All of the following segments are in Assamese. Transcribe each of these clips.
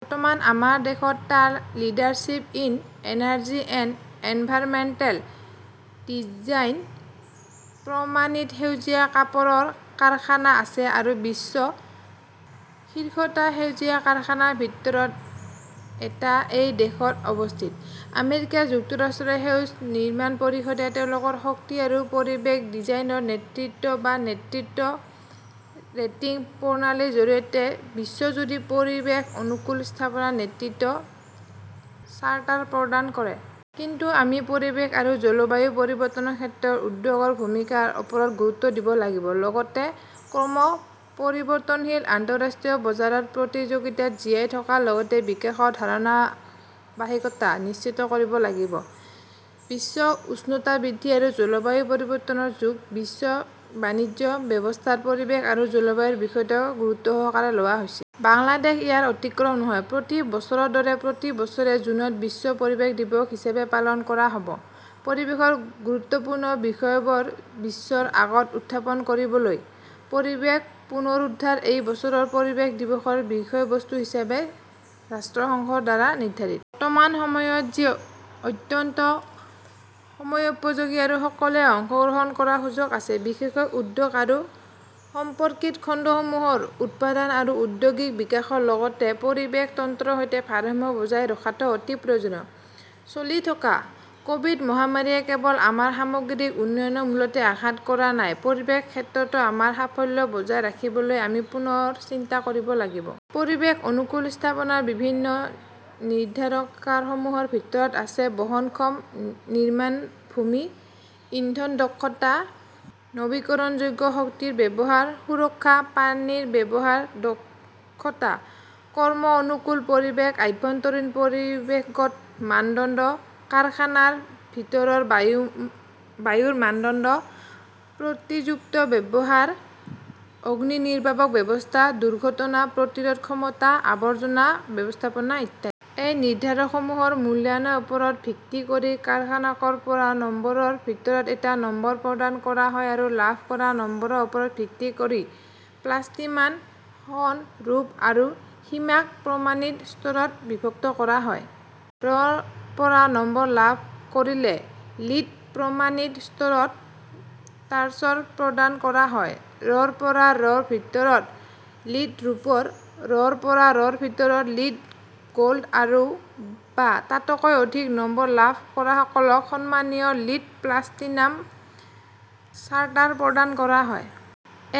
বৰ্তমান আমাৰ দেশত টা leadership in energy and environmental design প্ৰমাণিত সেউজীয়া কাপোৰৰ কাৰখানা আছে, আৰু বিশ্বৰ শীৰ্ষ টা সেউজীয়া কাৰখানাৰ ভিতৰত টা এই দেশত অৱস্থিত। আমেৰিকা যুক্তৰাষ্ট্ৰৰ সেউজ নিৰ্মাণ পৰিষদে তেওঁলোকৰ শক্তি আৰু পৰিৱেশ ডিজাইনত নেতৃত্ব বা নেতৃত্ব ৰেটিং প্ৰণালীৰ জৰিয়তে বিশ্বজুৰি পৰিৱেশ-অনুকূল স্থাপনৰ নেতৃত্ব চাৰ্টাৰ প্ৰদান কৰে। কিন্তু আমি পৰিৱেশ আৰু জলবায়ু পৰিৱৰ্তনৰ ক্ষেত্ৰত উদ্যোগৰ ভূমিকাৰ ওপৰতো গুৰুত্ব দিব লাগিব, লগতে ক্ৰম-পৰিৱৰ্তনশীল আন্তঃৰাষ্ট্ৰীয় বজাৰত প্ৰতিযোগিতাত জীয়াই থকাৰ লগতে বিকাশৰ ধাৰাবাহিকতা নিশ্চিত কৰিব লাগিব। বিশ্ব উষ্ণতা বৃদ্ধি আৰু জলবায়ু পৰিৱৰ্তনৰ যুগত বিশ্ব বাণিজ্য ব্যৱস্থাত পৰিৱেশ আৰু জলবায়ুৰ বিষয়টো গুৰুত্বসহকাৰে লোৱা হৈছে। বাংলাদেশ ইয়াৰ ব্যতিক্ৰম নহয়। প্ৰতি বছৰৰ দৰে, প্ৰতি বছৰে জুনত বিশ্ব পৰিৱেশ দিৱস হিচাপে পালন কৰা হ 'ব, পৰিৱেশৰ গুৰুত্বপূৰ্ণ বিষয়বোৰ বিশ্বৰ আগত উত্থাপন কৰিবলৈ। 'পৰিৱেশ পুনৰুদ্ধাৰ' এই বছৰৰ পৰিৱেশ দিৱসৰ বিষয়বস্তু হিচাপে ৰাষ্ট্ৰসংঘৰ দ্বাৰা নিৰ্ধাৰিত। বৰ্তমানৰ সময়ত, যি অত্যন্ত সময়োপযোগী আৰু সকলোৱে অংশগ্ৰহণ কৰাৰ সুযোগ আছে, বিশেষকৈ উদ্যোগ আৰু সম্পৰ্কিত খণ্ডসমূহৰ উৎপাদন আৰু ঔদ্যোগিক বিকাশৰ লগতে পৰিৱেশ তন্ত্ৰৰ সৈতে ভাৰসাম্য বজাই ৰখাটো অতি প্ৰয়োজনীয়। চলি থকা ক "ভিড- মহামাৰীয়ে কেৱল আমাৰ সামগ্ৰিক উন্নয়নৰ মূলতে আঘাত কৰাই নহয়, পৰিৱেশৰ ক্ষেত্ৰতো আমাৰ সাফল্য বজাই ৰাখিবলৈ আমি পুনৰ চিন্তা কৰিব লাগিব। পৰিৱেশ-অনুকূল স্থাপনৰ বিভিন্ন নিৰ্ধাৰকসমূহৰ ভিতৰত আছে-বহনক্ষম নিৰ্মাণ ভূমি, ইন্ধন দক্ষতা, নৱীকৰণযোগ্য শক্তিৰ ব্যৱহাৰ, সুৰক্ষা, পানী ব্যৱহাৰৰ দক্ষতা, কৰ্ম-অনুকূল পৰিৱেশ, আভ্যন্তৰীণ পৰিৱেশগত মানদণ্ড, কাৰখানাৰ ভিতৰৰ বায়ুৰ মানদণ্ড, প্ৰযুক্তিৰ ব্যৱহাৰ, অগ্নিনিৰ্বাপক ব্যৱস্থা, দুৰ্ঘটনা প্ৰতিৰোধ ক্ষমতা, আৱৰ্জনা ব্যৱস্থাপনা ইত্যাদি। এই নিৰ্ধাৰকসমূহৰ মূল্যায়নৰ ওপৰত ভিত্তি কৰি কাৰখানাক ৰ পৰা নম্বৰৰ ভিতৰত এটা নম্বৰ প্ৰদান কৰা হয় আৰু লাভ কৰা নম্বৰৰ ওপৰত ভিত্তি কৰি প্লাটিনাম, সোণ, ৰূপ আৰু সীমাক প্ৰমাণিত স্তৰত বিভক্ত কৰা হয়। ৰ পৰা নম্বৰ লাভ কৰিলে লিড প্ৰমাণিত স্তৰৰ চাৰ্টাৰ প্ৰদান কৰা হয়; ৰ পৰা ৰ ভিতৰত লিড ৰূপৰ, ৰ পৰা ৰ ভিতৰত লিড গোল্ড আৰু বা তাতকৈ অধিক নম্বৰ লাভ কৰাসকলক সন্মানীয় লিড প্লাটিনাম চাৰ্টাৰ প্ৰদান কৰা হয়।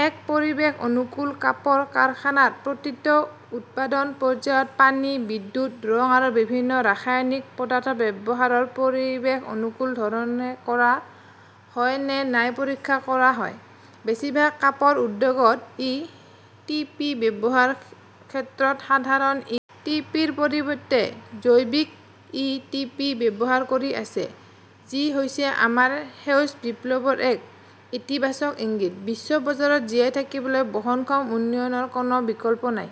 এক পৰিৱেশ-অনুকূল কাপোৰ কাৰখানাত প্ৰতিটো উৎপাদন পৰ্যায়ত পানী, বিদ্যুৎ, ৰং আৰু বিভিন্ন ৰাসায়নিক পদাৰ্থৰ ব্যৱহাৰ পৰিৱেশ-অনুকূল ধৰণে কৰা হয় নে নাই পৰীক্ষা কৰা হয়। বেছিভাগ কাপোৰ উদ্যোগই ই. টি. পি. ব্যৱহাৰৰ ক্ষেত্ৰত সাধাৰণ ই. টি. পি. -ৰ পৰিৱৰ্তে জৈৱিক ই. টি. পি. ব্যৱহাৰ কৰি আছে, যি হৈছে আমাৰ সেউজ বিপ্লৱৰ এক ইতিবাচক ইংগিত। বিশ্ব বজাৰত জীয়াই থাকিবলৈ বহনক্ষম উন্নয়নৰ কোনো বিকল্প নাই।